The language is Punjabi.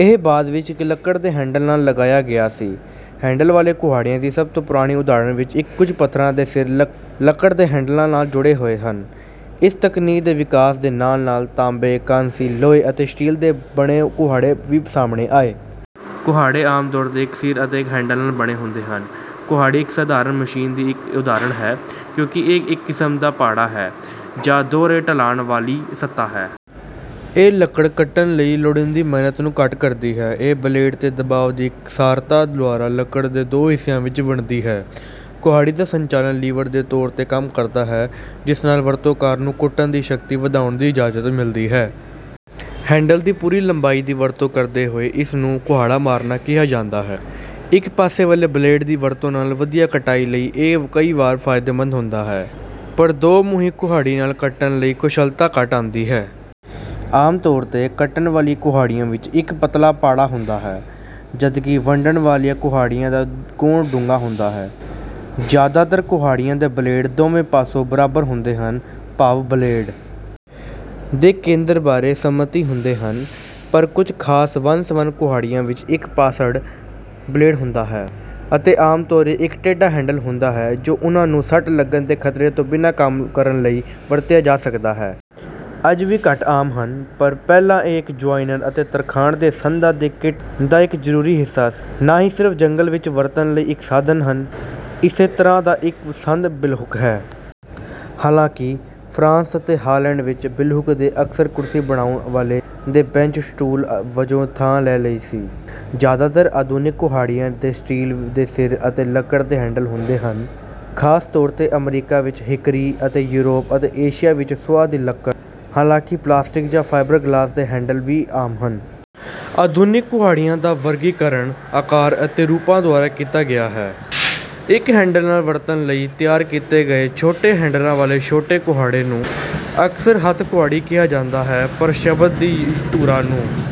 ਇਹ ਬਾਅਦ ਵਿੱਚ ਇੱਕ ਲੱਕੜ ਦੇ ਹੈਂਡਲ ਨਾਲ ਲਗਾਇਆ ਗਿਆ ਸੀ। ਹੈਂਡਲ ਵਾਲੇ ਕੁਹਾੜਿਆਂ ਦੀ ਸਭ ਤੋਂ ਪੁਰਾਣੀ ਉਦਾਹਰਣ ਵਿੱਚ ਕੁਝ ਪੱਥਰਾਂ ਦੇ ਸਿਰ ਲੱਕੜ ਦੇ ਹੈਂਡਲਾਂ ਨਾਲ ਜੁੜੇ ਹੋਏ ਹਨ। ਇਸ ਤਕਨੀਕ ਦੇ ਵਿਕਾਸ ਦੇ ਨਾਲ-ਨਾਲ ਤਾਂਬੇ, ਕਾਂਸੀ, ਲੋਹੇ ਅਤੇ ਸਟੀਲ ਦੇ ਬਣੇ ਕੁਹਾੜੇ ਵੀ ਸਾਹਮਣੇ ਆਏ। ਕੁਹਾੜੇ ਆਮ ਤੌਰ 'ਤੇ ਇੱਕ ਸਿਰ ਅਤੇ ਇੱਕ ਹੈਂਡਲ ਨਾਲ ਬਣੇ ਹੁੰਦੇ ਹਨ। ਕੁਹਾੜੀ ਇੱਕ ਸਾਧਾਰਨ ਮਸ਼ੀਨ ਦੀ ਇੱਕ ਉਦਾਹਰਣ ਹੈ, ਕਿਉਂਕਿ ਇਹ ਇੱਕ ਕਿਸਮ ਦਾ ਪਾੜਾ ਹੈ, ਜਾਂ ਦੋਹਰੇ ਢਲਾਣ ਵਾਲੀ ਸਤ੍ਹਾ ਹੈ। ਇਹ ਲੱਕੜ ਕੱਟਣ ਲਈ ਲੋੜੀਂਦੀ ਮਿਹਨਤ ਨੂੰ ਘੱਟ ਕਰਦੀ ਹੈ। ਇਹ ਬਲੇਡ 'ਤੇ ਦਬਾਅ ਦੀ ਇਕਸਾਰਤਾ ਦੁਆਰਾ ਲੱਕੜ ਨੂੰ ਦੋ ਹਿੱਸਿਆਂ ਵਿੱਚ ਵੰਡਦੀ ਹੈ। ਕੁਹਾੜੀ ਦਾ ਸੰਚਾਲਨ ਲੀਵਰ ਦੇ ਤੌਰ 'ਤੇ ਕੰਮ ਕਰਦਾ ਹੈ, ਜਿਸ ਨਾਲ ਵਰਤੋਂਕਾਰ ਨੂੰ ਕੱਟਣ ਦੀ ਸ਼ਕਤੀ ਵਧਾਉਣ ਦੀ ਇਜਾਜ਼ਤ ਮਿਲਦੀ ਹੈ। ਹੈਂਡਲ ਦੀ ਪੂਰੀ ਲੰਬਾਈ ਦੀ ਵਰਤੋਂ ਨਾ ਕਰਦੇ ਹੋਏ ਇਸਨੂੰ ਕੁਹਾੜਾ ਮਾਰਨਾ ਕਿਹਾ ਜਾਂਦਾ ਹੈ। ਇੱਕ ਪਾਸੇ ਵਾਲੇ ਬਲੇਡ ਦੀ ਵਰਤੋਂ ਨਾਲ ਵਧੀਆ ਕਟਾਈ ਲਈ ਇਹ ਕਈ ਵਾਰ ਫਾਇਦੇਮੰਦ ਹੁੰਦਾ ਹੈ, ਪਰ ਦੋ-ਮੂੰਹੀ ਕੁਹਾੜੀ ਨਾਲ ਕੱਟਣ ਲਈ ਕੁਸ਼ਲਤਾ ਘਟ ਜਾਂਦੀ ਹੈ। ਆਮ ਤੌਰ 'ਤੇ, ਕੱਟਣ ਵਾਲੀਆਂ ਕੁਹਾੜੀਆਂ ਵਿੱਚ ਇੱਕ ਪਤਲਾ ਪਾੜਾ ਹੁੰਦਾ ਹੈ, ਜਦਕਿ ਵੰਡਣ ਵਾਲੀਆਂ ਕੁਹਾੜੀਆਂ ਦਾ ਕੋਣ ਡੂੰਘਾ ਹੁੰਦਾ ਹੈ। ਜ਼ਿਆਦਾਤਰ ਕੁਹਾੜੀਆਂ ਦੇ ਬਲੇਡ ਦੋਵੇਂ ਪਾਸੇ ਤੋਂ ਬਰਾਬਰ ਹੁੰਦੇ ਹਨ, ਭਾਵ ਬਲੇਡ ਦੇ ਕੇਂਦਰ ਬਾਰੇ ਸਮਮਿਤੀ ਹੁੰਦੇ ਹਨ, ਪਰ ਕੁਝ ਖਾਸ ਵੰਨ-ਸਵੰਨ ਕੁਹਾੜੀਆਂ ਵਿੱਚ ਇੱਕ-ਪਾਸੜ ਬਲੇਡ ਹੁੰਦਾ ਹੈ, ਅਤੇ ਆਮ ਤੌਰ 'ਤੇ ਇੱਕ ਟੇਢਾ ਹੈਂਡਲ ਹੁੰਦਾ ਹੈ ਜੋ ਉਹਨਾਂ ਨੂੰ ਸੱਟ ਲੱਗਣ ਦੇ ਖਤਰੇ ਤੋਂ ਬਿਨਾਂ ਕੰਮ ਕਰਨ ਲਈ ਵਰਤਿਆ ਜਾ ਸਕਦਾ ਹੈ। ਅੱਜ ਵੀ ਘੱਟ ਆਮ ਹਨ, ਪਰ ਪਹਿਲਾਂ ਇਹ ਜੁਆਇਨਰ ਅਤੇ ਤਰਖਾਣ ਦੇ ਸੰਦਾਂ ਦੇ ਕਿੱਟ ਦਾ ਇੱਕ ਜ਼ਰੂਰੀ ਹਿੱਸਾ ਸੀ, ਨਾ ਕਿ ਸਿਰਫ ਜੰਗਲ ਵਿੱਚ ਵਰਤਣ ਲਈ ਇੱਕ ਸਾਧਨ। ਇਸੇ ਤਰ੍ਹਾਂ ਦਾ ਇੱਕ ਸੰਦ ਬਿਲਹੁੱਕ ਹੈ। ਹਾਲਾਂਕਿ, ਫਰਾਂਸ ਅਤੇ ਹਾਲੈਂਡ ਵਿੱਚ, ਬਿਲਹੁੱਕ ਨੇ ਅਕਸਰ ਕੁਰਸੀ ਬਣਾਉਣ ਵਾਲੇ ਦੇ ਬੈਂਚ ਟੂਲ ਵਜੋਂ ਥਾਂ ਲੈ ਲਈ ਸੀ। ਜ਼ਿਆਦਾਤਰ ਆਧੁਨਿਕ ਕੁਹਾੜੀਆਂ ਦੇ ਵਿੱਚ ਸਟੀਲ ਦੇ ਸਿਰ ਅਤੇ ਲੱਕੜ ਦੇ ਹੈਂਡਲ ਹੁੰਦੇ ਹਨ, ਖਾਸ ਤੌਰ 'ਤੇ ਅਮਰੀਕਾ ਵਿੱਚ ਹਿਕਰੀ ਅਤੇ ਯੂਰਪ ਅਤੇ ਏਸ਼ੀਆ ਵਿੱਚ ਸੁਆਹ ਦੀ ਲੱਕੜ, ਹਾਲਾਂਕਿ ਪਲਾਸਟਿਕ ਜਾਂ ਫਾਈਬਰਗਲਾਸ ਦੇ ਹੈਂਡਲ ਵੀ ਆਮ ਹਨ। ਆਧੁਨਿਕ ਕੁਹਾੜੀਆਂ ਦਾ ਵਰਗੀਕਰਨ, ਆਕਾਰ ਅਤੇ ਰੂਪਾਂ ਦੁਆਰਾ ਕੀਤਾ ਗਿਆ ਹੈ। ਇੱਕ ਹੱਥ ਨਾਲ ਵਰਤਣ ਲਈ ਤਿਆਰ ਕੀਤੇ ਛੋਟੇ ਹੈਂਡਲਾਂ ਵਾਲੇ ਛੋਟੇ ਕੁਹਾੜੇ ਨੂੰ ਅਕਸਰ ਹੱਥ-ਕੁਹਾੜੀ ਕਿਹਾ ਜਾਂਦਾ ਹੈ, ਪਰ ਸ਼ਬਦ ਦੀ 'ਧੁਰਾ' ਨੂੰ